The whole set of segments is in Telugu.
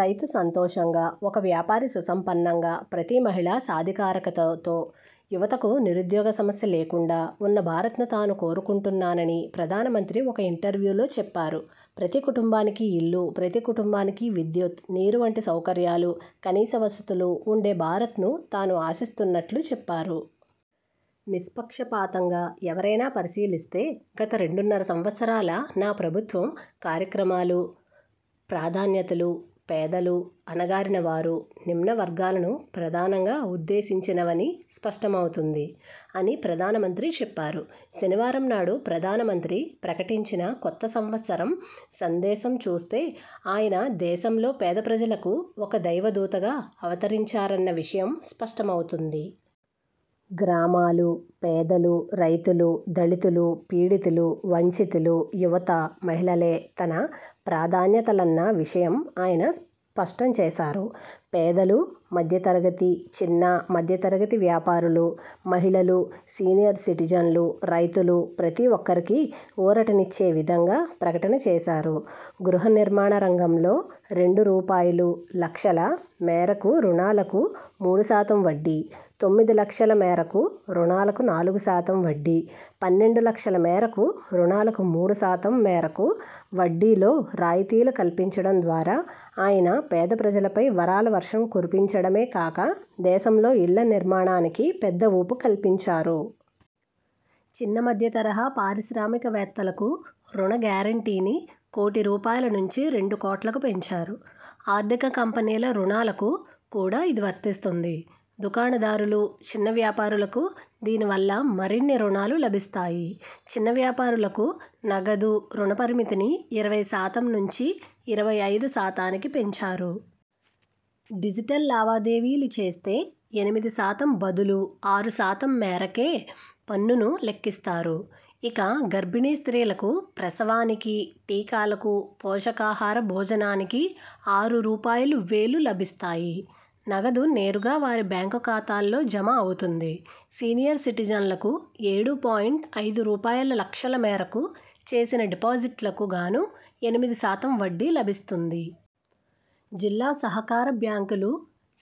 రైతు సంతోషంగా, ఒక వ్యాపారి సుసంపన్నంగా, ప్రతి మహిళా సాధికారికతతో, యువతకు నిరుద్యోగ సమస్య లేకుండా ఉన్న భారత్ను తాను కోరుకుంటున్నానని ప్రధానమంత్రి ఒక ఇంటర్వ్యూలో చెప్పారు. ప్రతి కుటుంబానికీ ఇల్లు, ప్రతి కుటుంబానికి విద్యుత్, నీరు వంటి సౌకర్యాలు, కనీస వసతులు ఉండే భారత్ను తాను ఆశిస్తున్నట్లు చెప్పారు. 'నిష్పక్ష పాతంగా ఎవరైనా పరిశీలిస్తే గత రెండున్నర సంవత్సరాల నా ప్రభుత్వం కార్యక్రమాలూ, ప్రాధాన్యతలూ పేదలు, అణగారిన వారు, నిమ్నవర్గాలను ప్రధానంగా ఉద్దేశించినవని స్పష్టమవుతుంది' అని ప్రధానమంత్రి చెప్పారు. శనివారం నాడు ప్రధానమంత్రి ప్రకటించిన కొత్త సంవత్సర సందేశం చూస్తే ఆయన దేశంలో పేద ప్రజలకు ఒక దైవదూతగా అవతరించారన్న విషయం స్పష్టమవుతుంది. గ్రామాలు, పేదలు, రైతులు, దళితులు, పీడితులు, వంచితులు, యువత, మహిళలే తన ప్రాధాన్యతలన్న విషయం ఆయన స్పష్టంచేశారు. పేదలు, మధ్యతరగతి, చిన్న, మధ్యతరగతి వ్యాపారులు, మహిళలు, సీనియర్ సిటిజన్లు, రైతులు ప్రతిఒక్కరికీ ఊరటనిచ్చే విధంగా ప్రకటన చేశారు. గృహ నిర్మాణ రంగంలో రెండు రూపాయలులక్షల మేరకు రుణాలకు మూడు శాతం వడ్డీ, తొమ్మిది లక్షల మేరకు రుణాలకు నాలుగు శాతం వడ్డీ, పన్నెండు లక్షల మేరకు రుణాలకు మూడు శాతం మేరకు వడ్డీలో రాయితీలు కల్పించడం ద్వారా ఆయన పేద ప్రజలపై వరాల వర్షం కురిపించడమే కాక దేశంలో ఇళ్ల నిర్మాణానికి పెద్ద ఊపు కల్పించారు. చిన్న మధ్యత రహా పారిశ్రామికవేత్తలకు రుణ గ్యారంటీని కోటి రూపాయలు నుంచి రెండు కోట్లకు పెంచారు. ఆర్థిక కంపెనీల రుణాలకు కూడా ఇది వర్తిస్తుంది. దుకాణదారులు, చిన్న వ్యాపారులకు దీనివల్ల మరిన్ని రుణాలు లభిస్తాయి. చిన్న వ్యాపారులకు నగదు రుణ పరిమితిని ఇరవై శాతం నుంచి, ఇరవై ఐదు శాతానికి పెంచారు. డిజిటల్ లావాదేవీలు చేస్తే ఎనిమిది శాతం బదులు ఆరు శాతం మేరకే పన్నును లెక్కిస్తారు. ఇక గర్భిణీ స్త్రీలకు ప్రసవానికి, టీకాలకు, పోషకాహార భోజనానికి ఆరు రూపాయలువేలు లభిస్తాయి. నగదు నేరుగా వారి బ్యాంకు ఖాతాల్లో జమ అవుతుంది. సీనియర్ సిటిజన్లకు ఏడు పాయింట్ ఐదు రూపాయలు లక్షల మేరకు చేసిన డిపాజిట్లకు గాను ఎనిమిది శాతం వడ్డీ లభిస్తుంది. జిల్లా సహకార బ్యాంకులు,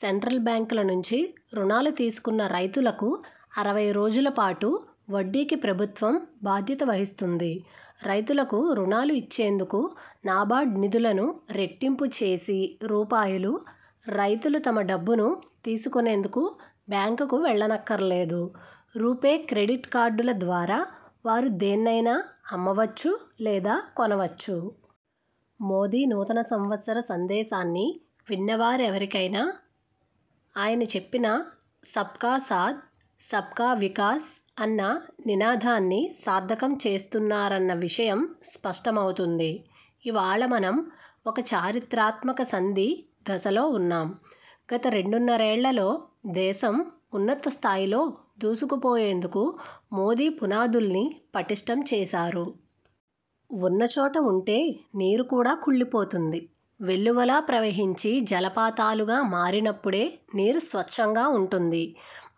సెంట్రల్ బ్యాంకుల నుంచి రుణాలు తీసుకున్న రైతులకు అరవై రోజుల పాటు వడ్డీకి ప్రభుత్వం బాధ్యత వహిస్తుంది. రైతులకు రుణాలు ఇచ్చేందుకు నాబార్డ్ నిధులను రెట్టింపు చేసి రూపాయలు, రైతులు తమ డబ్బును తీసుకునేందుకు బ్యాంకుకు వెళ్లనక్కర్లేదు. రూపే క్రెడిట్ కార్డుల ద్వారా వారు దేన్నైనా అమ్మవచ్చు లేదా కొనవచ్చు. మోదీ నూతన సంవత్సర సందేశాన్ని విన్న వారెవరికైనా ఆయన చెప్పిన సబ్ కా సాథ్, సబ్ కా వికాస్ అన్న నినాదాన్ని సార్థకం చేస్తున్నారన్న విషయం స్పష్టమవుతుంది. ఇవాళ మనం ఒక చారిత్రాత్మక సంధి దశలో ఉన్నాం. గత రెండున్నరేళ్లలో దేశం, ఉన్నత స్థాయిలో దూసుకుపోయేందుకు మోదీ పునాదుల్ని పటిష్ఠం చేశారు. ఉన్న చోట ఉంటే నీరు కూడా కుళ్లిపోతుంది. వెల్లువలా ప్రవహించి, జలపాతాలుగా మారినప్పుడే నీరు స్వచ్ఛంగా ఉంటుంది.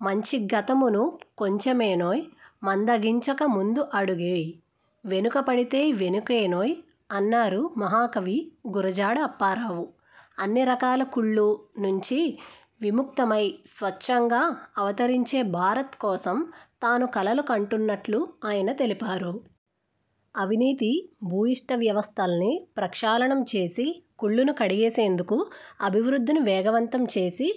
'మంచి గతమున కొంచెమేనోయ్, మందగించక ముందు అడుగేయ్, వెనుకపడితే వెనుకేనోయ్' అన్నారు మహాకవి గురజాడ అప్పారావు. అన్ని రకాల కుళ్లు నుంచి విముక్తమై స్వచ్ఛంగా అవతరించే భారత్ కోసం తాను కలలు కంటున్నట్లు ఆయన తెలిపారు. అవినీతి భూయిష్ట వ్యవస్థల్ని ప్రక్షాళనం చేసి కుళ్లును కడిగేసేందుకు, అభివృద్ధిని వేగవంతం చేసి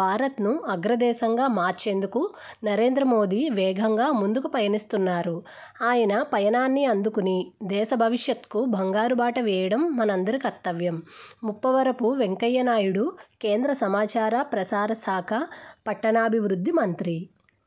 భారత్ను అగ్రదేశంగా మార్చేందుకు నరేంద్ర మోదీ వేగంగా ముందుకు పయనిస్తున్నారు. ఆయన పయనాన్ని అందుకుని దేశ భవిష్యత్కు బంగారు బాట వేయడం మనందరి కర్తవ్యం, ముప్పవరపు వెంకయ్యనాయుడు కేంద్ర సమాచార ప్రసార శాఖ, పట్టణాభివృద్ధి మంత్రి.